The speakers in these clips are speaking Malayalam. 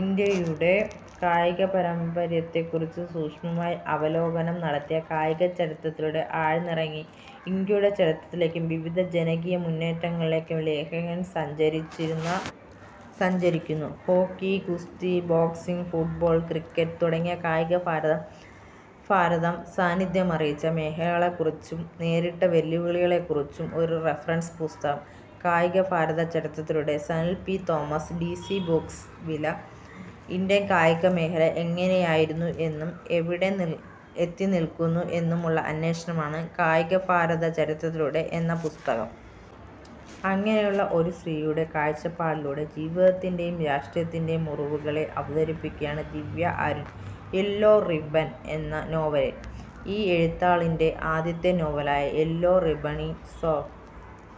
ഇന്ത്യയുടെ കായികപാരമ്പര്യത്തെക്കുറിച്ച് സൂക്ഷ്മമായി അവലോകനം നടത്തി കായിക ചരിത്രത്തിലൂടെ ആഴ്ന്നിറങ്ങി ഇന്ത്യയുടെ ചരിത്രത്തിലേക്കും വിവിധ ജനകീയമുന്നേറ്റങ്ങളിലേക്കും ലേഖകൻ സഞ്ചരിക്കുന്നു. ഹോക്കി, ഗുസ്തി, ബോക്സിങ്, ഫുട്ബോൾ, ക്രിക്കറ്റ് തുടങ്ങി കായികഭാരതം സാന്നിധ്യമറിയിച്ച മേഖലകളെക്കുറിച്ചും നേരിട്ട വെല്ലുവിളികളെക്കുറിച്ചുമുള്ള ഒരു റഫറൻസ് പുസ്തകം. കായികഭാരത ചരിത്രത്തിലൂടെ സനിൽ പി. തോമസ് ഡി സി ബുക്സ് വില: ഇന്ത്യൻ കായികമേഖല എങ്ങനെയായിരുന്നു എന്നും എവിടെ എത്തിനിൽക്കുന്നു എന്നുമുള്ള അന്വേഷണമാണ് കായികഭാരത ചരിത്രത്തിലൂടെ എന്ന പുസ്തകം. അങ്ങനെയുള്ള ഒരു സ്ത്രീയുടെ കാഴ്ചപ്പാടിലൂടെ ജീവിതത്തിന്റെയും രാഷ്ട്രത്തിന്റെയും മുറിവുകളെ അവതരിപ്പിക്കുകയാണ് ദിവ്യ അരുൺ 'യെല്ലോ റിബ്ബൺ' എന്ന നോവലിൽ. ഈ എഴുത്താളിന്റെ ആദ്യത്തെ നോവലായ 'യെല്ലോ റിബ്ബണി'ൽ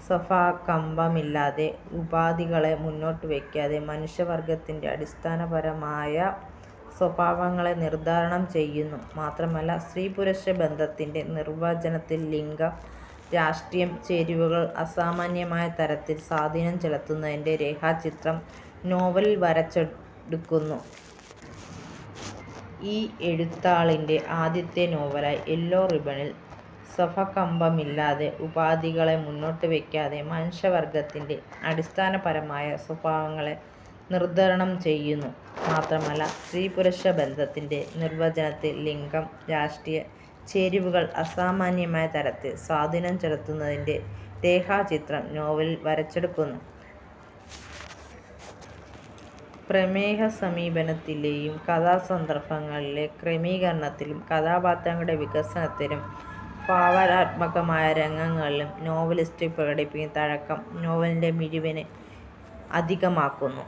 സഭാകമ്പമില്ലാതെ, ഉപാധികളെ മുന്നോട്ടുവയ്ക്കാതെ മനുഷ്യവർഗ്ഗത്തിന്റെ അടിസ്ഥാനപരമായ സ്വഭാവങ്ങളെ നിർദ്ധാരണം ചെയ്യുന്നു. മാത്രമല്ല, സ്ത്രീ-പുരുഷ ബന്ധത്തിന്റെ നിർവ്വചനത്തിൽ ലിംഗ/രാഷ്ട്രീയ ചേരുവകൾ അസാമാന്യമായ തരത്തിൽ സ്വാധീനം ചെലുത്തുന്നതിന്റെ രേഖാചിത്രം നോവലിൽ വരച്ചെടുക്കുന്നു. ഈ എഴുത്താളിന്റെ ആദ്യത്തെ നോവലായ 'യെല്ലോ റിബ്ബണി'ൽ സഭാകമ്പമില്ലാതെ, ഉപാധികളെ മുന്നോട്ടുവയ്ക്കാതെ മനുഷ്യവർഗ്ഗത്തിന്റെ അടിസ്ഥാനപരമായ സ്വഭാവങ്ങളെ നിർദ്ധാരണം ചെയ്യുന്നു. മാത്രമല്ല, സ്ത്രീ-പുരുഷ ബന്ധത്തിന്റെ നിർവ്വചനത്തിൽ ലിംഗ/രാഷ്ട്രീയ ചേരുവകൾ അസാമാന്യമായ തരത്തിൽ സ്വാധീനം ചെലുത്തുന്നതിന്റെ രേഖാചിത്രം നോവലിൽ വരച്ചെടുക്കുന്നു. പ്രമേയസമീപനത്തിലും കഥാസന്ദർഭങ്ങളിലെ ക്രമീകരണത്തിലും കഥാപാത്രങ്ങളുടെ വികസനത്തിലും ഭാവനാത്മകമായ രംഗങ്ങളിലും നോവലിസ്റ്റ് പ്രകടിപ്പിക്കുന്ന തഴക്കം നോവലിന്റെ മിഴിവ് അധികമാക്കുന്നു.